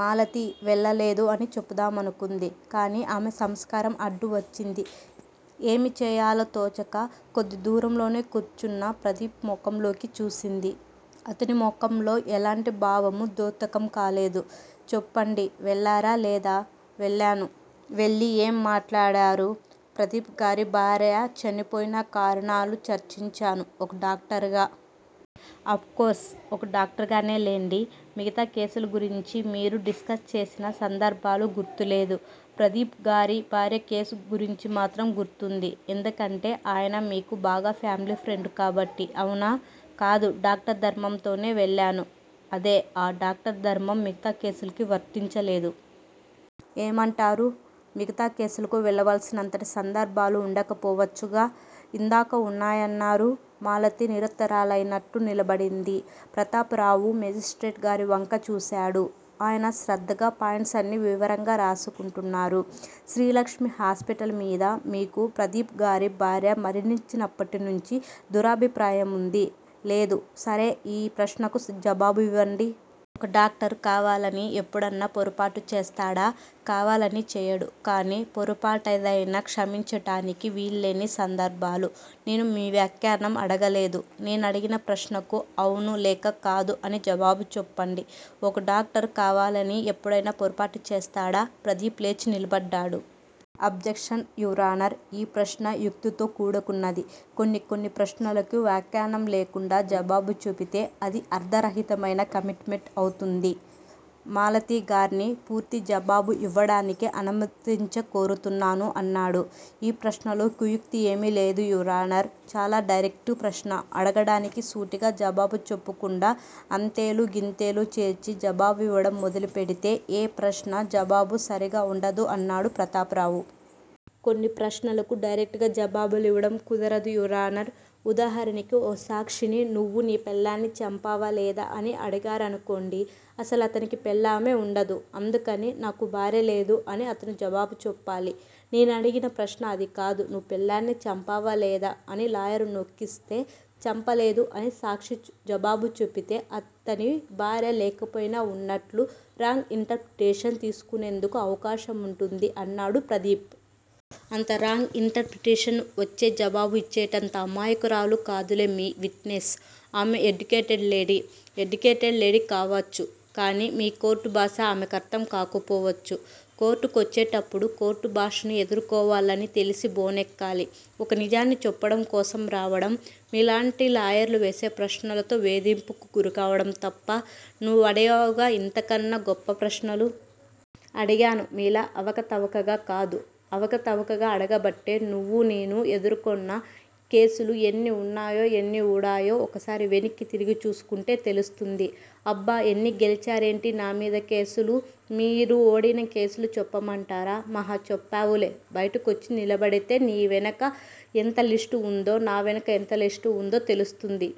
మాలతి 'వెళ్ళలేదు' అని చెబుదామనుకుంది. కాని ఆమె సంస్కారం అడ్డువచ్చింది. ఏమి చెయ్యాలో తోచక కొద్దిదూరంలోనే కూర్చున్న ప్రదీప్ ముఖంలోకి చూసింది. అతని ముఖంలో ఎలాంటి భావమూ ద్యోతకం కావటంలేదు. చెప్పండి. వెళ్ళారా లేదా? వెళ్ళాను. వెళ్ళి ఏం మాట్లాడారు? ప్రదీప్ గారి భార్య చనిపోయిన కారణాలు చర్చించాను ఒక డాక్టరుగా. అఫ్ కోర్స్ ఒక డాక్టరుగానే లెండి. మిగతా కేసులుగురించి మీరు డిస్కస్ చేసిన సందర్భాలు గుర్తులేదు. ప్రదీప్ గారి భార్య కేసుగురించి మాత్రం గుర్తుంది. ఎందుకంటే ఆయన మీకు బాగా ఫామిలీఫ్రెండ్ కాబట్టి అవునా? కాదు డాక్టర్ ధర్మంతో వెళ్ళాను. అదే ఆ డాక్టరు ధర్మం మిగతా కేసులకి వర్తించలేదు. ఏమంటారు? మిగతా కేసులకు వెళ్ళవలసినంతటి సందర్భాలు వుండకపోవచ్చుగా! ఇందాక వున్నాయన్నారు? మాలతి నిరుత్తరురాలైనట్లు నిలబడింది. ప్రతాపరావు మేజిస్ట్రేట్ గారి వంక చూశాడు. ఆయన శ్రద్దగా పాయింట్సన్నీ వివరంగా రాసుకుంటున్నారు. శ్రీలక్ష్మి హాస్పిటల్ మీద మీకు ప్రదీప్ గారి భార్య మరణించినప్పట్నుంచి దురభిప్రాయముంది? లేదు. సరే యీ ప్రశ్నకు జవాబుచెప్పండి. ఒక డాక్టరు కావాలని ఎప్పుడన్నా పొరపాటు చేస్తాడా? కావాలని చెయ్యడు కాని పొరపాటేదైనా క్షమించటానికి వీల్లేని సందర్భాలు నేను మీ వ్యాఖ్యానం అడగటంలేదు. నేనడిగిన ప్రశ్నకు 'అవును' లేక 'కాదు' అని జవాబు చెప్పండి. ఒక డాక్టరు కావాలని ఎప్పుడైనా పొరపాటు చేస్తాడా? ప్రదీప్ లేచి నిలబడ్డాడు. Objection your honour! ఈ ప్రశ్న యుక్తితో కూడివున్నది. కొన్ని కొన్ని ప్రశ్నలకు వ్యాఖ్యానం లేకుండా జవాబు చెబితే అది అర్ధరహితమైన కమిట్ మెంట్ అవుతుంది. మాలతిగార్ని పూర్తి జవాబు యివ్వటానికి అనుమతించ కోరుతున్నాను అన్నాడు. ఈ ప్రశ్నలో కుయుక్తి ఏమీ లేదు యువరానర్! చాలా డైరెక్టు ప్రశ్న అడిగినడానికి సూటిగా జవాబు చెప్పకుండా అయితేలూ, గియితేలూ చేర్చి జవాబివ్వటం మొదలుపెడితే ఏ ప్రశ్నా-జవాబు సరిగ్గా వుండదు అన్నాడు ప్రతాపరావు. కొని ప్రశ్నలకు డైరెక్టుగా జవాబివ్వటం కుదరదు యువరానర్! ఉదాహరణకి ఒక సాక్షిని 'నువ్వు నీ పెళ్ళాన్ని చంపావా లేదా? ' అని అడిగారనుకోండి. అసలతనికి పెళ్ళామే వుండదు. అందుకని 'నాకు భార్యలేదు' అని అతను జవాబుచెప్పాలి. 'నేనడిగిన ప్రశ్న అదికాదు నువ్వు పెళ్ళాన్ని చంపావా లేదా' అని లాయరు నొక్కిస్తే 'చంపలేదు' అని సాక్షి జవాబు చెబితే అతని భార్య లేకపోయినా వున్నట్లు రాంగ్ యింటర్ ప్రిటేషన్ తీసుకునేందుకు అవకాశముంటుంది అన్నాడు ప్రదీప్. అంత రాంగ్ యింటర్ ప్రిటేషన్ వచ్చే జవాబు యిచ్చేటంత అమాయకురాలు కాదులే మీ విట్ నెస్. ఆమె ఎడ్యుకేటెడ్ లేడీ. ఎడ్యుకేటెడ్ లేడీ కావచ్చు. కాని మీ కోర్టు భాష ఆమెకర్ధం కాకపోవచ్చు. కోర్టుకొచ్చేటప్పుడు కోర్టుభాషని ఎదుర్కోవాలని తెలిసి బోను ఎక్కాలి. ఒక నిజాన్ని చెప్పటంకోసం రావటం మీలాంటి లాయర్లు వేసే ప్రశ్నలతో వేధింపుకు గురవటంతప్ప నువ్వడిగావుగా యింతకన్నా గొప్ప ప్రశ్నలు. అడిగాను మీలా అవకతవకగా కాదు. అవకతవకగా అడగబట్టే నువ్వూ, నేనూ, ఎదుర్కొన్న కేసులు ఎన్ని వున్నాయో ఎన్ని ఊడాయో ఒకసారి వెనక్కి తిరిగి చూసుకుంటే తెలుస్తుంది. అబ్బా! ఎన్ని గెల్చారేమిటి నా మీద కేసులు? మీరు ఓడిపోయిన కేసులు చెప్పమంటారా? మహా చెప్పావులే. బయటికొచ్చి నిలబడితే నీ వెనక ఎంత లిస్ట్ వుందో నా వెనక ఎంత లిస్ట్ వుందో తెలుస్తుంది.